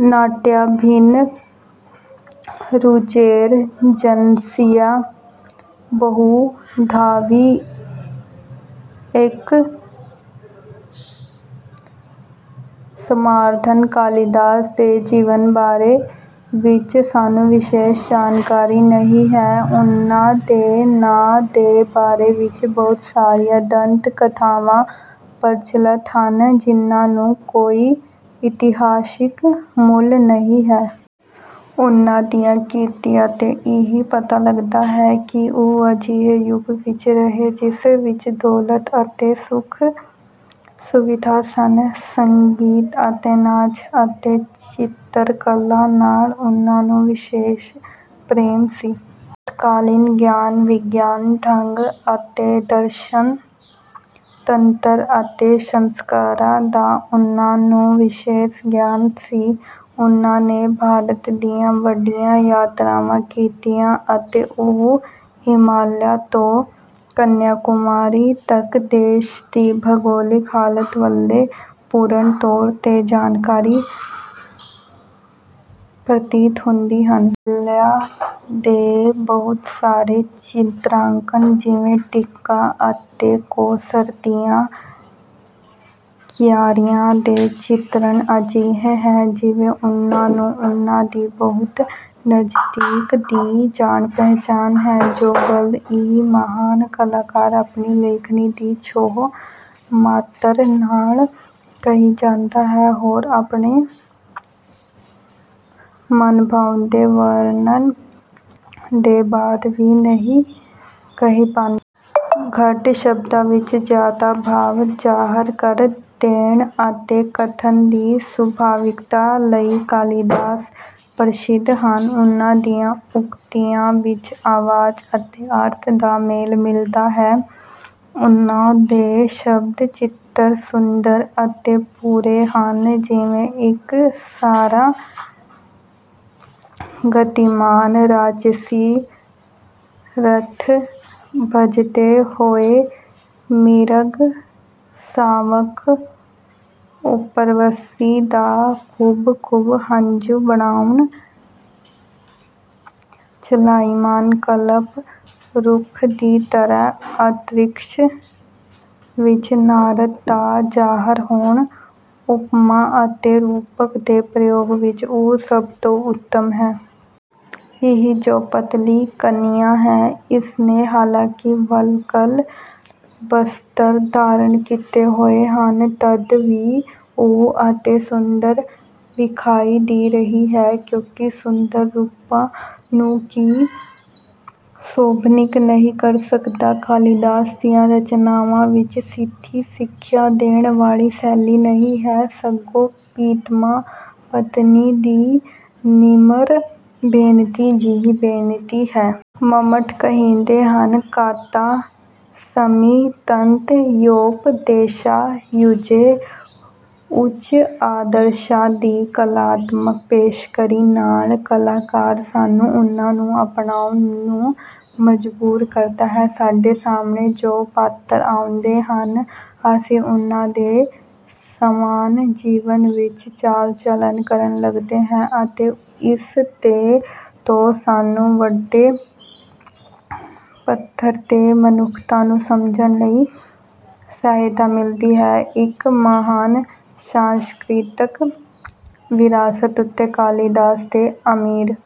ਨਾਟਿਅੰ ਭਿੰਨ ਰੁਚੇਰ ਜਨਸਿਅ ਬਹੁਧਾਪਿ ਏਕੰ ਸਮਾਰਾਧਨੰ। ਕਾਲੀਦਾਸ ਦੇ ਜੀਵਨ ਦੇ ਬਾਰੇ ਵਿੱਚ ਸਾਨੂੰ ਵਿਸ਼ੇਸ਼ ਜਾਣਕਾਰੀ ਨਹੀਂ ਹੈ। ਉਨ੍ਹਾਂ ਦੇ ਨਾਮ ਦੇ ਬਾਰੇ ਵਿੱਚ ਬਹੁਤ ਸਾਰੀਆਂ ਦੰਤ ਕਥਾਵਾਂ ਪ੍ਰਚੱਲਤ ਹਨ ਜਿਨ੍ਹਾਂ ਦਾ ਕੋਈ ਇਤਿਹਾਸਿਕ ਮੁੱਲ ਨਹੀਂ ਹੈ। ਉਨ੍ਹਾਂ ਦੀਆ ਕ੍ਰਿਤੀਆਂ ਤੋਂ ਇਹ ਪਤਾ ਲੱਗਦਾ ਹੈ ਕਿ ਉਹ ਅਜਿਹੇ ਯੁੱਗ ਵਿੱਚ ਰਹੇ ਜਿਸ ਵਿੱਚ ਦੌਲਤ ਅਤੇ ਸੁਖ ਸੁਵਿਧਾਵਾਂ ਸਨ। ਸੰਗੀਤ ਅਤੇ ਨਾਚ ਅਤੇ ਚਿੱਤਰ ਕਲਾ ਨਾਲ ਉਨ੍ਹਾਂ ਨੂੰ ਵਿਸ਼ੇਸ਼ ਪ੍ਰੇਮ ਸੀ। ਤਤਕਾਲੀਨ ਗਿਆਨ ਵਿਗਿਆਨ ਢੰਗ ਅਤੇ ਦਰਸ਼ਨ ਤੰਤਰ ਅਤੇ ਸੰਸਕਾਰਾਂ ਦਾ ਉਨ੍ਹਾਂ ਨੂੰ ਵਿਸ਼ੇਸ਼ ਗਿਆਨ ਸੀ। ਉਨ੍ਹਾਂ ਨੇ ਭਾਰਤ ਦੀ ਵੱਡੀਆਂ ਯਾਤਰਾਵਾਂ ਕੀਤੀਆਂ ਅਤੇ ਉਹ ਹਿਮਾਲਾ ਤੋਂ ਕੰਨਿਆਕੁਮਾਰੀ ਤੱਕ ਦੇਸ਼ ਦੀ ਭੂਗੋਲਿਕ ਹਾਲਤ ਵਲੋਂ ਪੂਰਨ ਤੌਰ ਤੇ ਜਾਣਕਾਰ ਪ੍ਰਤੀਤ ਹੁੰਦੇ ਹਨ। ਹਿਮਾਲਾ ਦੇ ਬਹੁਤ ਸਾਰੇ ਚਿਤਰਾਂਕਨ ਜਿਵੇਂ ਟੀਕਾ ਅਤੇ ਕੇਸਰ ਦੀਆਂ ਕਿਆਰੀਆਂ ਦੇ ਚਿਤਰਣ ਅਜਿਹੇ ਹੈ ਜਿਵੇਂ ਉਨ੍ਹਾਂ ਨੂੰ ਉਨ੍ਹਾਂ ਦੀ ਬਹੁਤ ਨਜ਼ਦੀਕ ਦੀ ਜਾਣ ਪਹਿਚਾਣ ਹੈ। ਜੋ ਗੱਲ ਇਹ ਮਹਾਨ ਕਲਾਕਾਰ ਆਪਣੀ ਲੇਖਣੀ ਦੀ ਛੋਹ ਮਾਤਰ ਨਾਲ ਕਹਿ ਜਾਂਦਾ ਹੈ ਹੋਰ ਆਪਣੇ ਮਨਭਾਉਂਦੇ ਵਰਣਨ ਦੇ ਬਾਅਦ ਵੀ ਨਹੀਂ ਕਹਿ ਪਾਂਦੇ। ਘੱਟ ਸ਼ਬਦਾਂ ਵਿੱਚ ਜਿਆਦਾ ਭਾਵ ਜ਼ਾਹਰ ਕਰ ਦੇਣ ਅਤੇ ਕਥਨ ਦੀ ਸੁਭਾਵਿਕਤਾ ਲਈ ਕਾਲੀਦਾਸ ਪ੍ਰਸਿੱਧ ਹਨ। ਉਨ੍ਹਾਂ ਦੀਆਂ ਉਕਤੀਆਂ ਵਿੱਚ ਆਵਾਜ ਅਤੇ ਅਰਥ ਦਾ ਮੇਲ ਮਿਲਦਾ ਹੈ। ਉਨ੍ਹਾਂ ਦੇ ਸ਼ਬਦ ਚਿੱਤਰ ਸੁੰਦਰ ਅਤੇ ਪੂਰੇ ਹਨ ਜਿਵੇਂ ਇੱਕ ਸਾਰਾ ਗਤੀਮਾਨ ਰਾਜਸੀ ਰੱਥ ਭੱਜਦੇ ਹੋਏ ਮਿਰਗ ਸ਼ਾਵਕ ਉਰਵਸ਼ੀ ਦਾ ਖੂਬ ਖੂਬ ਹੰਝੂ ਬਹਾਉਣਾ ਚਲਾਇਮਾਨ ਕਲਪ ਰੁੱਖ ਦੀ ਤਰ੍ਹਾਂ ਅੰਤਰਿਕਸ਼ ਵਿੱਚ ਨਾਰਦ ਦਾ ਜ਼ਾਹਰ ਹੋਣਾ ਉਪਮਾ ਅਤੇ ਰੂਪਕਾਂ ਦੇ ਪ੍ਰਯੋਗ ਵਿੱਚ ਉਹ ਸਭ ਤੋਂ ਉੱਤਮ ਹੈ। ਇਹ ਜੋ ਪਤਲੀ ਕੰਨਿਆ ਹੈ ਇਸਨੇ ਹਾਲਾਂਕਿ ਵਲਕਲ ਬਸਤਰ ਧਾਰਨ ਕੀਤੇ ਹੋਏ ਹਨ ਤਦ ਵੀ ਉਹ ਅਤੇ ਸੁੰਦਰ ਵਿਖਾਈ ਦੇ ਰਹੀ ਹੈ। ਕਿਉਂਕਿ ਸੁੰਦਰ ਰੂਪਾਂ ਨੂੰ ਕੀ ਸੋਭਨੀਕ ਨਹੀਂ ਕਰ ਸਕਦਾ। ਕਾਲੀਦਾਸ ਦੀਆਂ ਰਚਨਾਵਾਂ ਵਿੱਚ ਸਿੱਧੀ ਸਿੱਖਿਆ ਦੇਣ ਵਾਲੀ ਸ਼ੈਲੀ ਨਹੀਂ ਹੈ ਸਗੋਂ ਪ੍ਰੀਤਮਾ ਪਤਨੀ ਦੀ ਨਿਮਰ ਬੇਨਤੀ ਜਿਹੀ ਬੇਨਤੀ ਹੈ। ਮੰਮਟ ਕਹਿੰਦੇ ਹਨ ਕਾਂਤਾਸੰਮਿਤਤਯੋਪਦੇਸ਼ਾਯੁਜੇ। ਉੱਚ ਆਦਰਸ਼ਾਂ ਦੀ ਕਲਾਤਮਕ ਪੇਸ਼ਕਾਰੀ ਨਾਲ ਕਲਾਕਾਰ ਸਾਨੂੰ ਉਨ੍ਹਾਂ ਨੂੰ ਅਪਨਾਉਣ ਨੂੰ ਮਜ਼ਬੂਰ ਕਰਦਾ ਹੈ। ਸਾਡੇ ਸਾਹਮਣੇ ਜੋ ਪਾਤਰ ਆਉਂਦੇ ਹਨ ਅਸੀਂ ਉਨ੍ਹਾਂ ਦੇ ਸਮਾਨ ਜੀਵਨ ਵਿੱਚ ਚਾਲ ਚਲਣ ਕਰਨ ਲੱਗਦੇ ਹਾਂ ਅਤੇ ਇਸ ਤੋਂ ਸਾਨੂੰ ਵੱਡੇ ਪੱਧਰ ਤੇ ਮਨੁੱਖਤਾ ਨੂੰ ਸਮਝਣ ਵਿੱਚ ਸਹਾਇਤਾ ਮਿਲਦੀ ਹੈ। ਇੱਕ ਮਹਾਨ ਸਾਂਸਕ੍ਰਿਤਕ ਵਿਰਾਸਤ ਉੱਤੇ ਕਾਲੀਦਾਸ ਦੀ ਆਮਿਰ